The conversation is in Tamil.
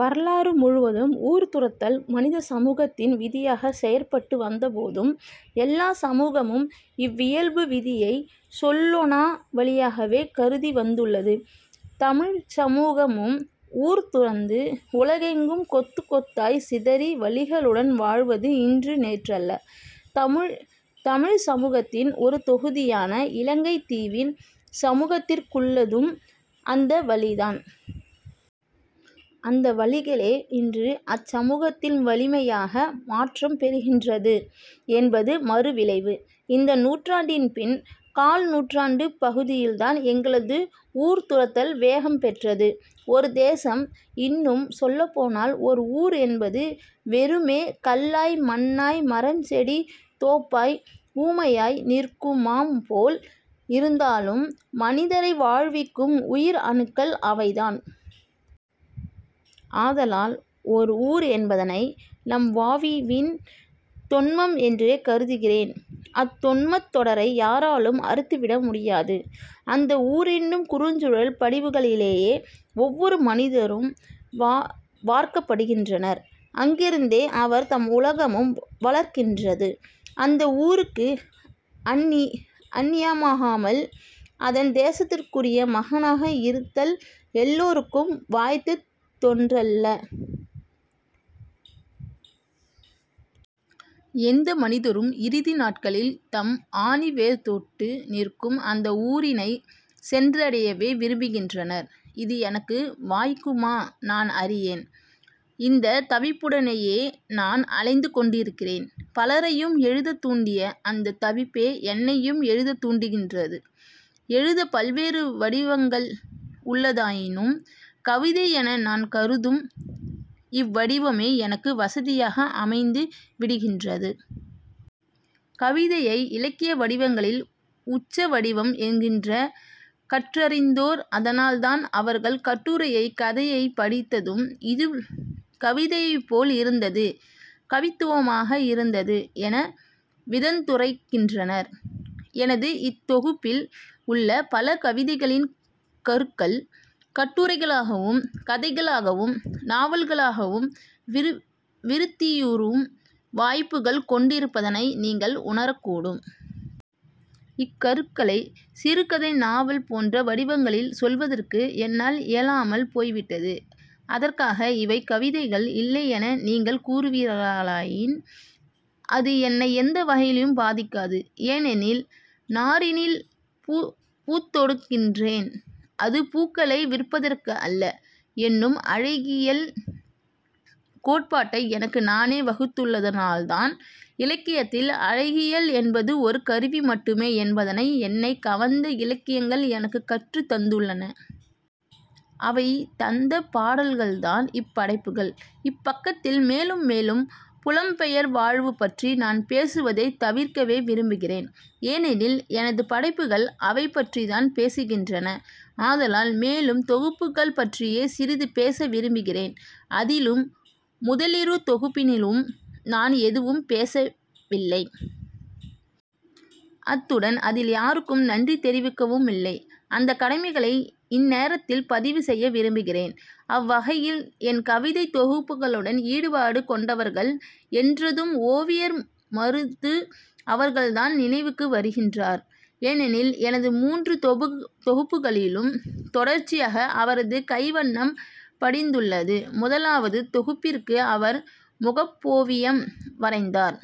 வரலாறு முழுவதும் ஊர் துறத்தல் மனித சமூகத்தின் விதியாகச் செயற்பட்டு வந்தபோதும் எல்லாச் சமூகமும் இவ்வியல்பு விதியைச் சொல்லொணா வலியாகவே கருதி வந்துள்ளது. தமிழ்ச சமூகமும் ஊர் துறந்து, உலகெங்கும் கொத்துக் கொத்தாய்த் சிதறி வலிகளுடன் வாழ்வது இன்று நேற்றல்ல. தமிழ்ச் சமூகத்தின் ஒரு தொகுதியான இலங்கைத் தீவின் சமூகத்திற்குள்ளதும் அந்த வலிதான். அந்த வலிகளே இன்று அச்சமூகத்தின் வலிமையாக மாற்றம்பெறுகின்றது என்பது மறு விளைவு. இந்த நூற்றாண்டின் பின் கால்நூற்றாண்டுப் பகுதியில்தான் எங்களிது ஊர்துறத்தல் வேகம் பெற்றது. ஒரு தேசம், இன்னும் சொல்லப்போனால் ஓர் ஊர் என்பது வெறுமே கல்லாய், மண்ணாய், மரஞ்செடி தோப்பாய், ஊமையாய் நிற்குமாப்போல் இருந்தாலும்மனிதரை வாழ்விக்கும் உயிர் அணுக்கள் அவைதான். ஆதலால் ஓர் ஊர் என்பதனை நம்வாழிவின் தொன்மம் என்றே கருதுகிறேன். அத்தொன்மத் தொடரை யாராலும் அறுத்துவிட முடியாது. அந்த ஊரென்னும் குறுஞ்சூழல் படிவுகளிலேயே ஒவ்வொரு மனிதரும் வார்க்கப்படுகின்றனர். அங்கிருந்தே அவர்தம் உலகமும் வளர்கின்றது. அந்த ஊருக்கு அந்நியமாகாமல் அதன் நேசத்திற்குரிய மகனாக இருத்தல் எல்லோருக்கும் வாய்த்ததொன்றல்ல. எந்த மனிதரும் இறுதி நாட்களில் தம் ஆணிவேர் தொட்டு நிற்கும் அந்த ஊரினைச் சென்றடையவே விரும்புகின்றனர். இது எனக்கு வாய்க்குமா நான் அறியேன். இந்த தவிப்புடனேயே நான் அலைந்து கொண்டிருக்கிறேன் பலரையும் எழுதத் தூண்டிய அந்தத் தவிப்பே என்னையும் எழுதத் தூண்டுகின்றது. எழுத பல்வேறு வடிவங்கள் உள்ளதாயினும் கவிதையென நான் கருதும் இவ்வடிவமே எனக்கு வசதியாக அமைந்து விடுகின்றது. கவிதையை இலக்கிய வடிவங்களின் உச்ச வடிவம் என்கின்றனர் கற்றறிந்தோர். அதனால்தான் அவர்கள் கட்டுரையை, கதையை, படித்ததும் இது கவிதையைப்போல் இருந்தது. கவித்துவமாக இருந்தது என விதந்துரைக்கின்றனர். எனது இத் தொகுப்பில் உள்ள பல கவிதைகளின் கருக்கள் கட்டுரைகளாகவும், கதைகளாகவும், நாவல்களாகவும் விருத்தியுறும் வாய்ப்புகள் கொண்டிருப்பதனை நீங்கள் உணரக்கூடும். இக்கருக்களை சிறுகதை, நாவல் போன்ற வடிவங்களில் சொல்வதற்கு என்னால் இயலாமல் போய்விட்டது. அதற்காக இவை கவிதைகள் இல்லையென நீங்கள் கூறுவீர்களாயின் அது என்னை எந்த வகையிலும் பாதிக்காது. ஏனெனில் நாரினில் பூத்தொடுக்கின்றேன். அது பூக்களை விற்பதற்கு அல்ல என்னும் அழகியல் கோட்பாட்டை எனக்கு நானே வகுத்துள்ளதனால்தான் இலக்கியத்தில் அழகியல் என்பது ஒரு கருவி மட்டுமே என்பதனை என்னைக் கவர்ந்த இலக்கியங்கள் எனக்கு கற்றுத் தந்துள்ளன. அவை தந்த பால்கள்தான் இப்படைப்புகள். இப்பக்கத்தில் மேலும் மேலும் புலம் பெயர் வாழ்வு பற்றி நான் பேசுவதைத் தவிர்க்கவே விரும்புகிறேன். ஏனெனில் எனது படைப்புகள் அவை பற்றித்தான் பேசுகின்றன. ஆதலால் மேலும் தொகுப்புகள் பற்றியே சிறிது பேச விரும்புகிறேன். அதிலும் முதலிரு தொகுப்பினிலும் நான் எதுவும் பேசவில்லை. அத்துடன் அதில் யாருக்கும் நன்றி தெரிவிக்கவுமில்லை. அந்தக் கடமைகளை இந்நேரத்தில் பதிவு செய்யவிரும்புகிறேன். அவ்வகையில் என் கவிதைத் தொகுப்புகளுடன் ஈடுபாடு கொண்டவர்கள் என்றதும் ஓவியர் மருது அவர்கள்தான் நினைவுக்கு வருகின்றார். ஏனெனில், எனது மூன்று தொகுப்புகளிலும் தொடர்ச்சியாக அவரது கைவண்ணம் படிந்துள்ளது. முதலாவது தொகுப்பிற்கு அவர் முகப்போவியம் வரைந்தார்.